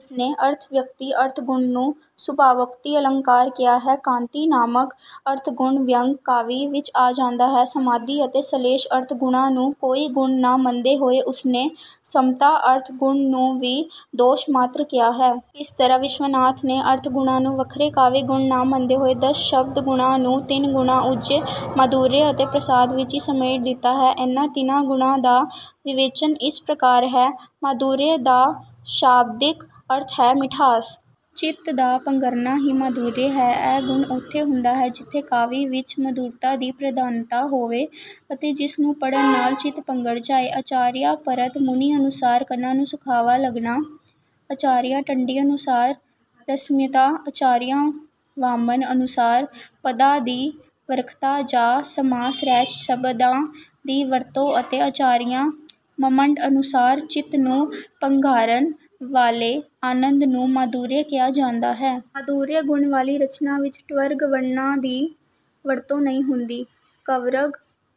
ਉਸਨੇ ਅਰਥ-ਵਿਅਕਤੀ ਅਰਥ ਗੁਣ ਨੂੰ ਸੁਭਾਵੋਕਤੀ ਅਲੰਕਾਰ ਕਿਹਾ ਹੈ। ਕਾਂਤੀ ਨਾਮਕ ਅਰਥ ਗੁਣ ਵਿਅੰਗ ਕਾਵਿ ਵਿੱਚ ਆ ਜਾਂਦਾ ਹੈ। ਸਮਾਧੀ ਅਤੇ ਸ਼ਲੇਸ਼ ਅਰਥ ਗੁਣਾਂ ਨੂੰ ਕੋਈ ਗੁਣ ਨਾ ਮੰਨਦੇ ਹੋਏ ਉਸਨੇ ਸਮਤਾ ਅਰਥ ਗੁਣ ਨੂੰ ਵੀ ਦੋਸ਼ ਮਾਤ੍ਰ ਕਿਹਾ ਹੈ। ਇਸ ਤਰ੍ਹਾਂ ਵਿਸ਼ਵਨਾਥ ਨੇ ਅਰਥ ਗੁਣਾਂ ਨੂੰ ਵੱਖਰੇ ਕਾਵਿ-ਗੁਣ ਨਾ ਮੰਨਦੇ ਹੋਏ ਦਸ ਸ਼ਬਦ ਗੁਣਾਂ ਨੂੰ ਤਿੰਨ ਗੁਣਾਂ- ਓਜ, ਮਾਧੁਰਯ ਅਤੇ ਪ੍ਰਸਾਦ ਵਿੱਚ ਹੀ ਸਮੇਟ ਦਿੱਤਾ ਹੈ। ਇਨ੍ਹਾਂ ਤਿੰਨਾਂ ਗੁਣਾਂ ਦਾ ਵਿਵੇਚਨ ਇਸ ਪ੍ਰਕਾਰ ਹੈ- ਮਾਧੁਰਯ ਦਾ ਸ਼ਾਬਦਿਕ ਅਰਥ ਹੈ ਮਿਠਾਸ। ਚਿੱਤ ਦਾ ਪੰਘਰਨਾ ਹੀ ਮਾਧੁਰਯ ਹੈ। ਇਹ ਗੁਣ ਉਥੇ ਹੁੰਦਾ ਹੈ ਜਿਥੇ ਕਾਵਿ ਵਿੱਚ ਮਧੁਰਤਾ ਦੀ ਪ੍ਰਧਾਨਤਾ ਹੋਵੇ ਅਤੇ ਜਿਸ ਨੂੰ ਪੜ੍ਹਨ ਨਾਲ ਚਿੱਤ ਪੰਘਰ ਜਾਏ। ਆਚਾਰੀਆ ਭਰਤ ਮੁਨੀ ਅਨੁਸਾਰ ਕੰਨਾਂ ਨੂੰ ਸੁਖਾਵਾਂ ਲਗਣਾ, ਆਚਾਰੀਆ ਦੰਡੀ ਅਨੁਸਾਰ ਰਸਮਇਤਾ, ਆਚਾਰੀਆ ਵਾਮਨ ਅਨੁਸਾਰ ਪਦਾਂ ਦੀ ਵਖਰਤਾ ਜਾਂ ਸਮਾਸ ਰਹਿਤ ਸ਼ਬਦਾਂ ਦੀ ਵਰਤੋਂ ਅਤੇ ਆਚਾਰੀਆ ਮੰਮਟ ਅਨੁਸਾਰ ਚਿੱਤ ਨੂੰ ਪੰਘਾਰਨ ਵਾਲੇ ਆਨੰਦ ਨੂੰ ਮਾਧੁਰਯ ਕਿਹਾ ਜਾਂਦਾ ਹੈ। ਮਾਧੁਰਯ ਗੁਣ ਵਾਲੀ ਰਚਨਾ ਵਿੱਚ ਟਵਰਗ ਵਰਣਾਂ ਦੀ ਵਰਤੋਂ ਨਹੀਂ ਹੁੰਦੀ। ਕਵਰਗ,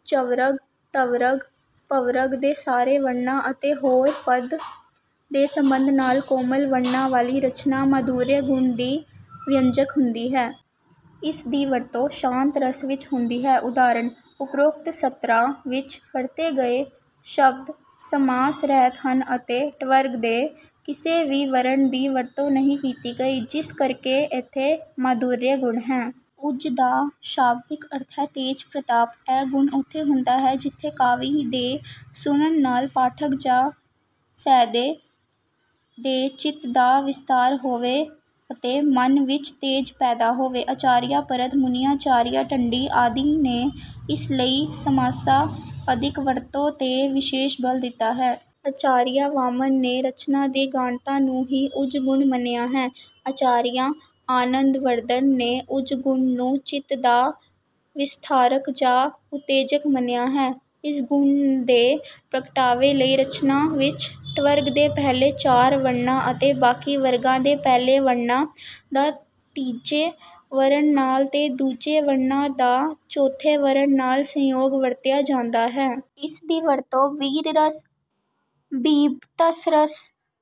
ਚਵਰਗ, ਤਵਰਗ, ਪਵਰਗ ਦੇ ਸਾਰੇ ਵਰਣਾਂ ਅਤੇ ਹੋਰ ਪਦ ਦੇ ਸੰਬੰਧ ਨਾਲ ਕੋਮਲ ਵਰਣਾਂ ਵਾਲੀ ਰਚਨਾ ਮਾਧੁਰਯ ਗੁਣ ਦੀ ਵਿਅੰਜਕ ਹੁੰਦੀ ਹੈ। ਇਸ ਦੀ ਵਰਤੋਂ ਸ਼ਾਂਤ ਰਸ ਵਿੱਚ ਹੁੰਦੀ ਹੈ। ਉਦਾਹਰਣ- ਓਪਰੋਕਤ ਸਤਰਾਂ ਵਿੱਚ ਵਰਤੇ ਗਏ ਸ਼ਬਦ ਸਮਾਸ ਰਹਿਤ ਹਨ ਅਤੇ ਟਵਰਗ ਦੇ ਕਿਸੇ ਵੀ ਵਰਣ ਦੀ ਵਰਤੋਂ ਨਹੀਂ ਕੀਤੀ ਗਈ, ਜਿਸ ਕਰਕੇ ਇਥੇ ਮਾਧੁਰਯ ਗੁਣ ਹੈ। ਓਜ ਦਾ ਸ਼ਾਬਦਿਕ ਅਰਥ ਹੈ ਤੇਜ, ਪ੍ਰਤਾਪ। ਇਹ ਗੁਣ ਉਥੇ ਹੁੰਦਾ ਹੈ ਜਿਥੇ ਕਾਵਿ ਦੇ ਸੁਣਨ ਨਾਲ ਪਾਠਕ ਜਾਂ ਸਹ੍ਰਿਦਯ ਦੇ ਚਿੱਤ ਦਾ ਵਿਸਤਾਰ ਹੋਵੇ ਅਤੇ ਮਨ ਵਿੱਚ ਤੇਜ ਪੈਦਾ ਹੋਵੇ। ਆਚਾਰੀਆ ਭਰਤ ਮੁਨੀ, ਆਚਾਰੀਆ ਦੰਡੀ ਆਦਿ ਨੇ ਇਸ ਲਈ ਸਮਾਸਾਂ ਅਧਿਕ ਵਰਤੋਂ 'ਤੇ ਵਿਸ਼ੇਸ਼ ਬਲ ਦਿੱਤਾ ਹੈ। ਆਚਾਰੀਆ ਵਾਮਨ ਨੇ ਰਚਨਾ ਦੀ ਗਾੜ੍ਹਤਾ ਨੂੰ ਹੀ ਓਜ ਗੁਣ ਮੰਨਿਆ ਹੈ। ਆਚਾਰੀਆ ਆਨੰਦਵਰਧਨ ਨੇ ਓਜ ਗੁਣ ਨੂੰ ਚਿੱਤ ਦਾ ਵਿਸਥਾਰਕ ਜਾਂ ਉਤੇਜਕ ਮੰਨਿਆ ਹੈ। ਇਸ ਗੁਣ ਦੇ ਪ੍ਰਗਟਾਵੇ ਲਈ ਰਚਨਾ ਵਿੱਚ ਟਵਰਗ ਦੇ ਪਹਿਲੇ ਚਾਰ ਵਰਣਾਂ ਅਤੇ ਬਾਕੀ ਵਰਗਾਂ ਦੇ ਪਹਿਲੇ ਵਰਣਾਂ ਦਾ ਤੀਜੇ ਵਰਣ ਨਾਲ ਤੇ ਦੂਜੇ ਵਰਣਾਂ ਦਾ ਚੌਥੇ ਵਰਣ ਨਾਲ ਸੰਯੋਗ ਵਰਤਿਆ ਜਾਂਦਾ ਹੈ। ਇਸ ਦੀ ਵਰਤੋਂ ਵੀਰ ਰਸ, ਬੀਭਤਸ ਰਸ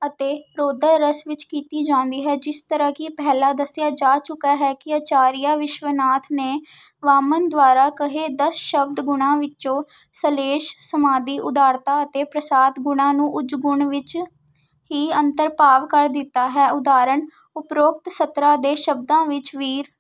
ਅਤੇ ਰੌਦਰ ਰਸ ਵਿੱਚ ਕੀਤੀ ਜਾਂਦੀ ਹੈ। ਜਿਸ ਤਰ੍ਹਾਂ ਕਿ ਪਹਿਲਾਂ ਦੱਸਿਆ ਜਾ ਚੁੱਕਾ ਹੈ ਕਿ ਆਚਾਰੀਆ ਵਿਸ਼ਵਨਾਥ ਨੇ ਵਾਮਨ ਦੁਆਰਾ ਕਹੇ ਦਸ ਸ਼ਬਦ ਗੁਣਾਂ ਵਿੱਚੋਂ- ਸ਼ਲੇਸ਼, ਸਮਾਧੀ, ਉਦਾਰਤਾ ਅਤੇ ਪ੍ਰਸਾਦ ਗੁਣਾਂ ਨੂੰ ਓਜ ਗੁਣ ਵਿੱਚ ਹੀ ਅੰਤਰਭਾਵ ਕਰ ਦਿੱਤਾ ਹੈ। ਉਦਾਹਰਣ- ਓਪਰੋਕਤ ਸਤਰਾਂ ਦੇ ਸ਼ਬਦਾਂ ਵਿੱਚ ਵੀਰ